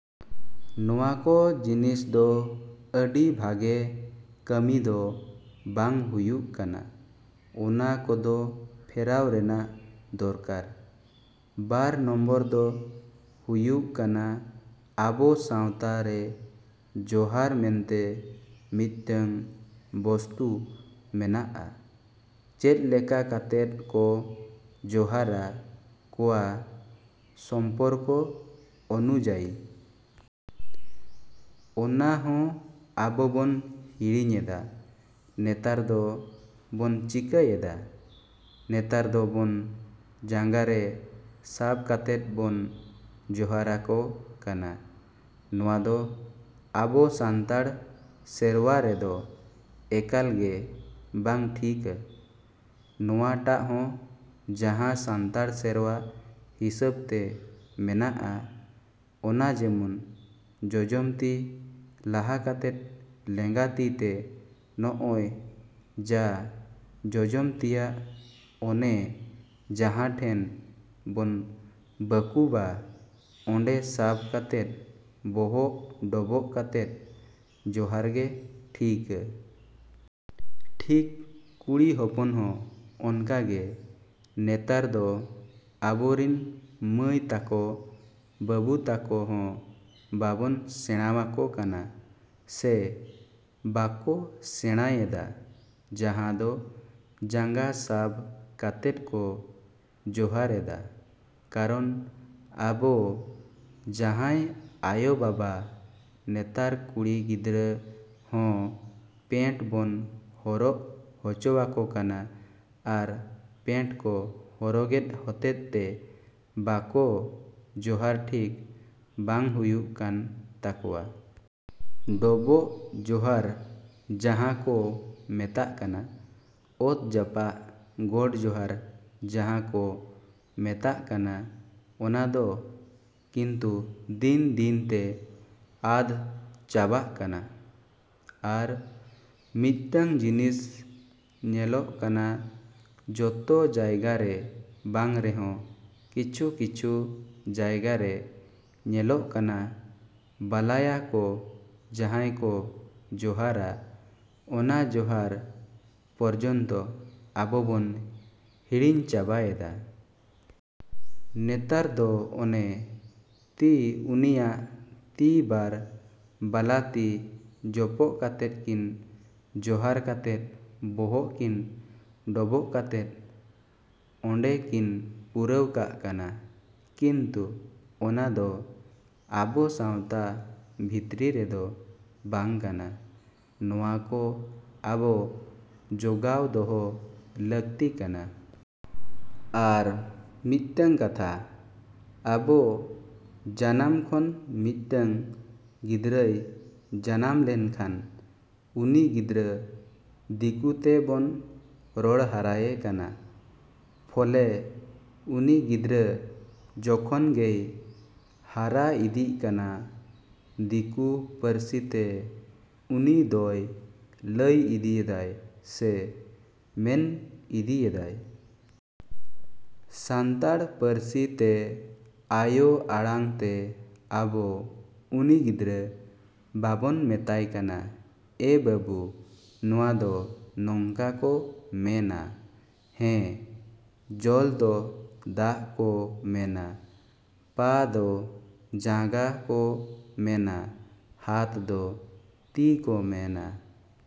ᱱᱚᱣᱟ ᱠᱚ ᱡᱤᱱᱤᱥ ᱫᱚ ᱟᱹᱰᱤ ᱵᱷᱟᱜᱮ ᱠᱟᱹᱢᱤ ᱫᱚ ᱵᱟᱝ ᱦᱩᱭᱩᱜ ᱠᱟᱱᱟ, ᱚᱱᱟ ᱠᱚᱫᱚ ᱯᱷᱮᱨᱟᱣ ᱨᱮᱱᱟᱜ ᱫᱚᱨᱠᱟᱨ᱾ ᱵᱟᱨ ᱱᱚᱢᱵᱚᱨ ᱫᱚ ᱦᱩᱭᱩᱜ ᱠᱟᱱᱟ ᱟᱵᱚ ᱥᱟᱶᱛᱟ ᱨᱮ ᱡᱚᱦᱟᱨ ᱢᱮᱱᱛᱮ ᱢᱤᱫᱴᱟᱹᱝ ᱵᱚᱥᱛᱩ ᱢᱮᱱᱟᱜᱼᱟ ᱪᱮᱫ ᱞᱮᱠᱟ ᱠᱟᱛᱮᱫ ᱠᱚ ᱡᱚᱦᱟᱨᱟ ᱠᱚᱣᱟ ᱥᱚᱢᱯᱚᱨᱠᱚ ᱚᱱᱩᱡᱟᱭᱤ᱾ ᱚᱱᱟ ᱦᱚᱸ ᱟᱵᱚ ᱵᱚᱱ ᱦᱤᱲᱤᱧᱮᱫᱟ᱾ ᱱᱮᱛᱟᱨ ᱫᱚ ᱵᱚᱱ ᱪᱤᱠᱟᱹᱭᱮᱫᱟ? ᱱᱮᱛᱟᱨ ᱫᱚ ᱵᱚᱱ ᱡᱟᱸᱜᱟ ᱨᱮ ᱥᱟᱵᱽ ᱠᱟᱛᱮᱫ ᱵᱚᱱ ᱡᱚᱦᱟᱨᱟ ᱠᱚ ᱠᱟᱱᱟ᱾ ᱱᱚᱣᱟ ᱫᱚ ᱟᱵᱚ ᱥᱟᱱᱛᱟᱲ ᱥᱮᱨᱣᱟ ᱨᱮᱫᱚ ᱮᱠᱟᱞ ᱜᱮ ᱵᱟᱝ ᱴᱷᱤᱠᱟᱹ᱾ ᱱᱚᱣᱟ ᱴᱟᱜ ᱦᱚᱸ ᱡᱟᱦᱟᱸ ᱥᱟᱱᱛᱟᱲ ᱥᱮᱨᱣᱟ ᱦᱤᱥᱟᱹᱵᱽ ᱛᱮ ᱢᱮᱱᱟᱜᱼᱟ ᱚᱱᱟ ᱡᱮᱢᱚᱱ ᱡᱚᱡᱚᱢ ᱛᱤ ᱞᱟᱦᱟ ᱠᱟᱛᱮᱫ ᱞᱮᱸᱜᱟ ᱛᱤᱛᱮ ᱱᱚᱜᱼᱚᱭ ᱡᱟ ᱡᱚᱡᱚᱢ ᱛᱤᱭᱟᱜ ᱚᱱᱮ ᱡᱟᱦᱟᱸ ᱴᱷᱮᱱ ᱵᱚᱱ ᱵᱟᱹᱠᱩᱵᱟ ᱚᱸᱰᱮ ᱥᱟᱵᱽ ᱠᱟᱛᱮᱫ ᱵᱚᱦᱚᱜ ᱰᱚᱵᱚᱜ ᱠᱟᱛᱮᱫ ᱡᱚᱦᱟᱨ ᱜᱮ ᱴᱷᱤᱠᱟᱹ᱾ ᱴᱷᱤᱠ ᱠᱩᱲᱤ ᱦᱚᱯᱚᱱ ᱦᱚᱸ ᱚᱱᱠᱟ ᱜᱮ᱾ ᱱᱮᱛᱟᱨ ᱫᱚ ᱟᱵᱚ ᱨᱤᱱ ᱢᱟᱹᱭ ᱛᱟᱠᱚ, ᱵᱟᱹᱵᱩ ᱛᱟᱠᱚ ᱦᱚᱸ ᱵᱟᱵᱚᱱ ᱥᱮᱬᱟᱣᱟᱠᱚ ᱠᱟᱱᱟ ᱥᱮ ᱵᱟᱠᱚ ᱥᱮᱬᱟᱭᱮᱫᱟ ᱡᱟᱦᱟᱸ ᱫᱚ ᱡᱟᱸᱜᱟ ᱥᱟᱵᱽ ᱠᱟᱛᱮᱫ ᱠᱚ ᱡᱚᱦᱟᱨᱮᱫᱟ᱾ ᱠᱟᱨᱚᱱ ᱟᱵᱚ ᱡᱟᱦᱟᱸᱭ ᱟᱭᱳᱼᱵᱟᱵᱟ ᱱᱮᱛᱟᱨ ᱠᱩᱲᱤ ᱜᱤᱫᱽᱨᱟᱹ ᱦᱚᱸ ᱯᱮᱱᱴ ᱵᱚᱱ ᱦᱚᱨᱚᱜ ᱦᱚᱪᱚᱣᱟᱠᱚ ᱠᱟᱱᱟ ᱟᱨ ᱯᱮᱱᱴ ᱠᱚ ᱦᱚᱨᱚᱜᱮᱫ ᱦᱚᱛᱮᱫ ᱛᱮ ᱵᱟᱠᱚ ᱡᱚᱦᱟᱨ ᱴᱷᱤᱠ ᱵᱟᱝ ᱦᱩᱭᱩᱜ ᱠᱟᱱ ᱛᱟᱠᱚᱣᱟ᱾ ᱰᱚᱵᱚᱜ ᱡᱚᱦᱟᱨ ᱡᱟᱦᱟᱸ ᱠᱚ ᱢᱮᱛᱟᱜ ᱠᱟᱱᱟ, ᱚᱛ ᱡᱟᱯᱟᱜ ᱜᱚᱰ ᱡᱚᱦᱟᱨ ᱡᱟᱦᱟᱸ ᱠᱚ ᱢᱮᱛᱟᱜ ᱠᱟᱱᱟ ᱚᱱᱟ ᱫᱚ ᱠᱤᱱᱛᱩ ᱫᱤᱱ ᱫᱤᱱ ᱛᱮ ᱟᱫᱽ ᱪᱟᱵᱟᱜ ᱠᱟᱱᱟ᱾ ᱟᱨ ᱢᱤᱫᱴᱟᱹᱝ ᱡᱤᱱᱤᱥ ᱧᱮᱞᱚᱜ ᱠᱟᱱᱟ ᱡᱚᱛᱚ ᱡᱟᱭᱜᱟ ᱨᱮ ᱵᱟᱝ ᱨᱮᱦᱚᱸ ᱠᱤᱪᱷᱩ ᱠᱤᱪᱷᱩ ᱡᱟᱭᱜᱟ ᱨᱮ ᱧᱮᱞᱚᱜ ᱠᱟᱱᱟ ᱵᱟᱞᱟᱭᱟ ᱠᱚ ᱡᱟᱦᱟᱸᱭ ᱠᱚ ᱡᱚᱦᱟᱨᱟ ᱚᱱᱟ ᱡᱚᱦᱟᱨ ᱯᱚᱨᱡᱚᱱᱛᱚ ᱟᱵᱚ ᱵᱚᱱ ᱦᱤᱲᱤᱧ ᱪᱟᱵᱟᱭᱮᱫᱟ᱾ ᱱᱮᱛᱟᱨ ᱫᱚ ᱚᱱᱮ ᱛᱤ ᱩᱱᱤᱭᱟᱜ ᱛᱤ ᱵᱟᱨ ᱵᱟᱞᱟ ᱛᱤ ᱡᱚᱯᱚᱜ ᱠᱟᱛᱮᱫ ᱠᱤᱱ ᱡᱚᱦᱟᱨ ᱠᱟᱛᱮᱫ ᱵᱚᱦᱚᱜ ᱠᱤᱱ ᱰᱚᱵᱚᱜ ᱠᱟᱛᱮᱫ ᱚᱸᱰᱮ ᱠᱤᱱ ᱯᱩᱨᱟᱹᱣ ᱠᱟᱜ ᱠᱟᱱᱟ᱾ ᱠᱤᱱᱛᱩ ᱚᱱᱟ ᱫᱚ ᱟᱵᱚ ᱥᱟᱶᱛᱟ ᱵᱷᱤᱛᱨᱤ ᱨᱮᱫᱚ ᱵᱟᱝ ᱠᱟᱱᱟ᱾ ᱱᱚᱣᱟ ᱠᱚ ᱟᱵᱚ ᱡᱚᱜᱟᱣ ᱫᱚᱦᱚ ᱞᱟᱹᱠᱛᱤ ᱠᱟᱱᱟ᱾ ᱟᱨ ᱢᱤᱫᱴᱟᱹᱝ ᱠᱟᱛᱷᱟ ᱟᱵᱚ ᱡᱟᱱᱟᱢ ᱠᱷᱚᱱ ᱢᱤᱫᱴᱟᱹᱝ ᱜᱤᱫᱽᱨᱟᱹᱭ ᱡᱟᱱᱟᱢ ᱞᱮᱱᱠᱷᱟᱱ ᱩᱱᱤ ᱜᱤᱫᱽᱨᱟᱹ ᱫᱤᱠᱩ ᱛᱮ ᱵᱚᱱ ᱨᱚᱲ ᱦᱟᱨᱟᱭᱮ ᱠᱟᱱᱟ᱾ ᱯᱷᱚᱞᱮ ᱩᱱᱤ ᱜᱤᱫᱽᱨᱟᱹ ᱡᱚᱠᱷᱚᱱ ᱜᱮᱭ ᱦᱟᱨᱟ ᱤᱫᱤᱜ ᱠᱟᱱᱟ ᱫᱤᱠᱩ ᱯᱟᱹᱨᱥᱤ ᱛᱮ ᱩᱱᱤ ᱫᱚᱭ ᱞᱟᱹᱭ ᱤᱫᱤᱭᱮᱫᱟᱭ ᱥᱮ ᱢᱮᱱ ᱤᱫᱤᱭᱮᱫᱟᱭ᱾ ᱥᱟᱱᱛᱟᱲ ᱯᱟᱹᱨᱥᱤ ᱛᱮ ᱟᱭᱳ ᱟᱲᱟᱝ ᱛᱮ ᱟᱵᱚ ᱩᱱᱤ ᱜᱤᱫᱽᱨᱟᱹ ᱵᱟᱵᱚᱱ ᱢᱮᱛᱟᱭ ᱠᱟᱱᱟ ᱮ ᱵᱟᱹᱵᱩ ᱱᱚᱣᱟ ᱫᱚ ᱱᱚᱝᱠᱟ ᱠᱚ ᱢᱮᱱᱟ᱾ ᱦᱮᱸ ᱡᱚᱞ ᱫᱚ ᱫᱟᱜ ᱠᱚ ᱢᱮᱱᱟ, ᱯᱟ ᱫᱚ ᱡᱟᱸᱜᱟ ᱠᱚ ᱢᱮᱱᱟ, ᱦᱟᱛ ᱫᱚ ᱛᱤ ᱠᱚ ᱢᱮᱱᱟ᱾